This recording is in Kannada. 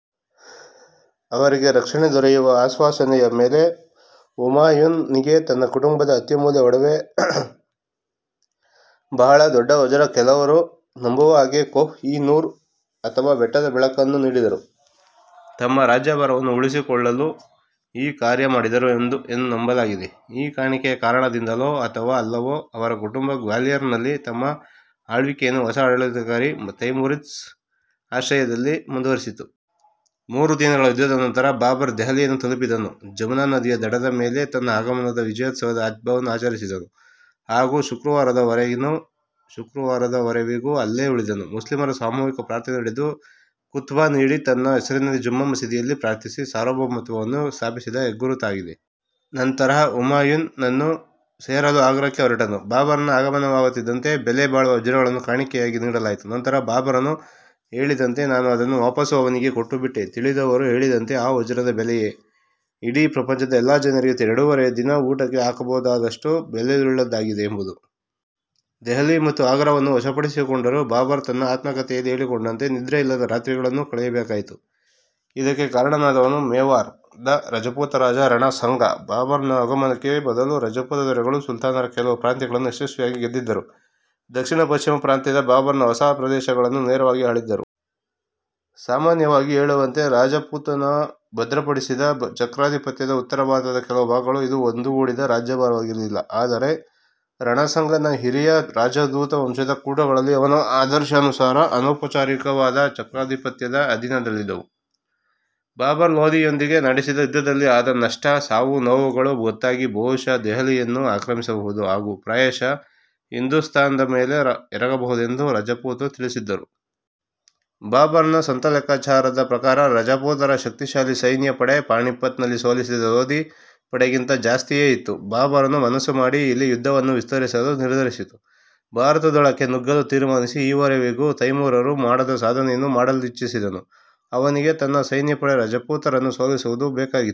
ಅವರಿಗೆ ರಕ್ಷಣೆ ದೊರೆಯುವ ಆಶ್ವಾಸನೆಯ ಮೇಲೆ, ಹುಮಾಯುನ್ ನಿಗೆ, ತನ್ನ ಕುಟುಂಬದ ಅತ್ಯಮೂಲ್ಯ ಒಡವೆ, ಬಹಳ ದೊಡ್ಡ ವಜ್ರ, ಕೆಲವರು ನಂಬುವ ಹಾಗೆ ಕೊಹ್ -ಇ -ನೂರ್ ಅಥವಾ "ಬೆಟ್ಟದ ಬೆಳಕು 'ನ್ನು ನೀಡಿದರು. ತಮ್ಮ ರಾಜ್ಯಭಾರವನ್ನು ಉಳಿಸಿಕೊಳ್ಳಲು ಈ ಕಾರ್ಯ ಮಾಡಿದರು ಎಂದು ನಂಬಲಾಗಿದೆ. ಈ ಕಾಣಿಕೆಯ ಕಾರಣದಿಂದಲೋ ಅಥವಾ ಅಲ್ಲವೋ, ಅವರ ಕುಟುಂಬ ಗ್ವಾಲಿಯರ್ ನಲ್ಲಿ, ತಮ್ಮ ಆಳ್ವಿಕೆಯನ್ನು ಹೊಸ ಆಡಳಿತಾಧಿಕಾರಿ ತೈಮುರಿದ್ಸ್ ಆಶ್ರಯದಲ್ಲಿ ಮುಂದುವರಿಸಿತು. ಮೂರು ದಿನಗಳ ಯುದ್ಧದ ನಂತರ ಬಾಬರ್, ದೆಹಲಿಯನ್ನು ತಲುಪಿದನು. ಜಮುನಾ ನದಿ ಯ ದಡದ ಮೇಲೆ ತನ್ನ ಆಗಮನದ ವಿಜಯೋತ್ಸವದ ಹಬ್ಬವನ್ನು ಆಚರಿಸಿದನು. ಹಾಗೂ ಶುಕ್ರವಾರದ ವರೆವಿಗೂ ಅಲ್ಲೇ ಉಳಿದನು, ಮುಸ್ಲಿಮರ ಸಾಮೂಹಿಕ ಪ್ರಾರ್ಥನೆ ನಡೆದು, ಖುತ್ಬ ನೀಡಿ, ತನ್ನ ಹೆಸರಿನಲ್ಲಿ ಜುಮ್ಮಾ ಮಸೀದಿ ಯಲ್ಲಿ ಪ್ರಾರ್ಥಿಸಿ, ಸಾರ್ವಭೌಮತ್ವವನ್ನು ಸ್ಥಾಪಿಸಿದ ಹೆಗ್ಗುರುತಾಗಿದೆ. ನಂತರ ಹುಮಾಯುನ್ ನನ್ನು ಸೇರಲು ಆಗ್ರಾಕ್ಕೆ ಹೊರಟನು. ಬಾಬರ್ ನ ಆಗಮನವಾಗುತ್ತಿದ್ದಂತೆ, ಬೆಲೆ ಬಾಳುವ ವಜ್ರಗಳನ್ನು ಕಾಣಿಕೆಯಾಗಿ ನೀಡಲಾಯಿತು, ನಂತರ ಬಾಬರನು ಹೇಳಿದಂತೆ,"ನಾನು ಅದನ್ನು ವಾಪಸ್ಸು ಅವನಿಗೆ ಕೊಟ್ಟುಬಿಟ್ಟೆ. " ತಿಳಿದವರು ಹೇಳಿದಂತೆ ಆ ವಜ್ರದ ಬೆಲೆಯೇ " ಇಡೀ ಪ್ರಪಂಚದ ಎಲ್ಲಾ ಜನರಿಗೆ ಎರಡೂವರೆ ದಿನ ಊಟಕ್ಕೆ ಹಾಕಬಹುದಾದಷ್ಟು ಬೆಲೆಯುಳ್ಳದ್ದಾಗಿದೆ "ಎಂಬುದು. ದೆಹಲಿ ಮತ್ತು ಆಗ್ರಾವನ್ನು ವಶಪಡಿಸಿಕೊಂದರೂ, ಬಾಬರ್ ತನ್ನ ಆತ್ಮ ಕಥೆಯಲ್ಲಿ ಹೇಳಿಕೊಂಡಂತೆ ನಿದ್ರೆಯಿಲ್ಲದ ರಾತ್ರಿಗಳನ್ನು ಕಳೆಯಬೇಕಾಯಿತು. ಇದಕ್ಕೆ ಕಾರಣನಾದವನು ಮೇವಾರ್ ದ ರಜಪೂತ ರಾಜ ರಣ ಸಂಗ. ಬಾಬರ್ ನ ಆಗಮನಕ್ಕೆ ಮೊದಲು; ರಜಪೂತ ದೊರೆಗಳು, ಸುಲ್ತಾನರ ಕೆಲವು ಪ್ರಾಂತ್ಯಗಳನ್ನು ಯಶಸ್ವಿಯಾಗಿ ಗೆದ್ದಿದ್ದರು. ದಕ್ಷಿಣ -ಪಶ್ಚಿಮ ಪ್ರಾಂತ್ಯದ ಬಾಬರ್ ನ ಹೊಸ ಪ್ರದೇಶಗಳನ್ನು ನೇರವಾಗಿ ಆಳಿದ್ದರು. ಸಾಮಾನ್ಯವಾಗಿ ಹೇಳುವಂತೆ, ರಾಜಪುತಾನಭದ್ರಪಡಿಸಿದ ಚಕ್ರಾಧಿಪತ್ಯದ ಉತ್ತರ ಭಾರತದ ಕೆಲವು ಭಾಗಗಳು. ಇದು ಒಂದುಗೂಡಿದ ರಾಜ್ಯಭಾರವಾಗಿರಲಿಲ್ಲ, ಆದರೆ ರಣಸಂಗನ ಹಿರಿಯ ರಾಜದೂತ ವಂಶದ ಕೂಟಗಳಲ್ಲಿ ಅವನ ಆದರ್ಶಾನುಸಾರ, ಅನೌಪಚಾರಿಕವಾದ ಚಕ್ರಾಧಿಪತ್ಯದ ಅಧೀನದಲ್ಲಿದ್ದವು. ಬಾಬರ್ ಲೋದಿಯೊಂದಿಗೆ ನಡೆಸಿದ ಯುದ್ಧದಲ್ಲಿ ಆದ ನಷ್ಟ, ಸಾವು-ನೋವುಗಳು ಗೊತ್ತಾಗಿ, ಬಹುಶಃ ದೆಹಲಿಯನ್ನು ಆಕ್ರಮಿಸಬಹುದು ಹಾಗು ಪ್ರಾಯಶಃ ಹಿಂದುಸ್ತಾನ್ ದ ಮೇಲೆ, ಎರಗಬಹುದೆಂದು ರಜಪೂತರು ತಿಳಿದಿದ್ದರು. ಬಾಬರ್ ನ ಸ್ವಂತ ಲೆಕ್ಕಾಚಾರದ ಪ್ರಕಾರ ರಜಪೂತರ ಶಕ್ತಿಶಾಲಿ ಸೈನ್ಯ ಪಡೆ, ಪಾಣಿಪಟ್ ನಲ್ಲಿ ಸೋಲಿಸಿದ ಲೋದಿ ಪಡೆಗಿಂತ ಜಾಸ್ತಿಯೇ ಇತ್ತು.. ಬಾಬರನು ಮನಸ್ಸು ಮಾಡಿ ಇಲ್ಲಿ ಯುದ್ಧವನ್ನು ವಿಸ್ತರಿಸಲು ನಿರ್ಧರಿಸಿ, ಭಾರತದೊಳಕ್ಕೆ ನುಗ್ಗಲು ತೀರ್ಮಾನಿಸಿ, ಈವರೆವಿಗೂ ತೈಮೂರರು ಮಾಡದ ಸಾಧನೆಯನ್ನು ಮಾಡಲಿಚ್ಚಿಸಿದನು. ಅವನಿಗೆ ತನ್ನ ಸೈನ್ಯ ಪಡೆ ರಜಪೂತರನ್ನು ಸೋಲಿಸುವುದು ಬೇಕಾಗಿತ್ತು.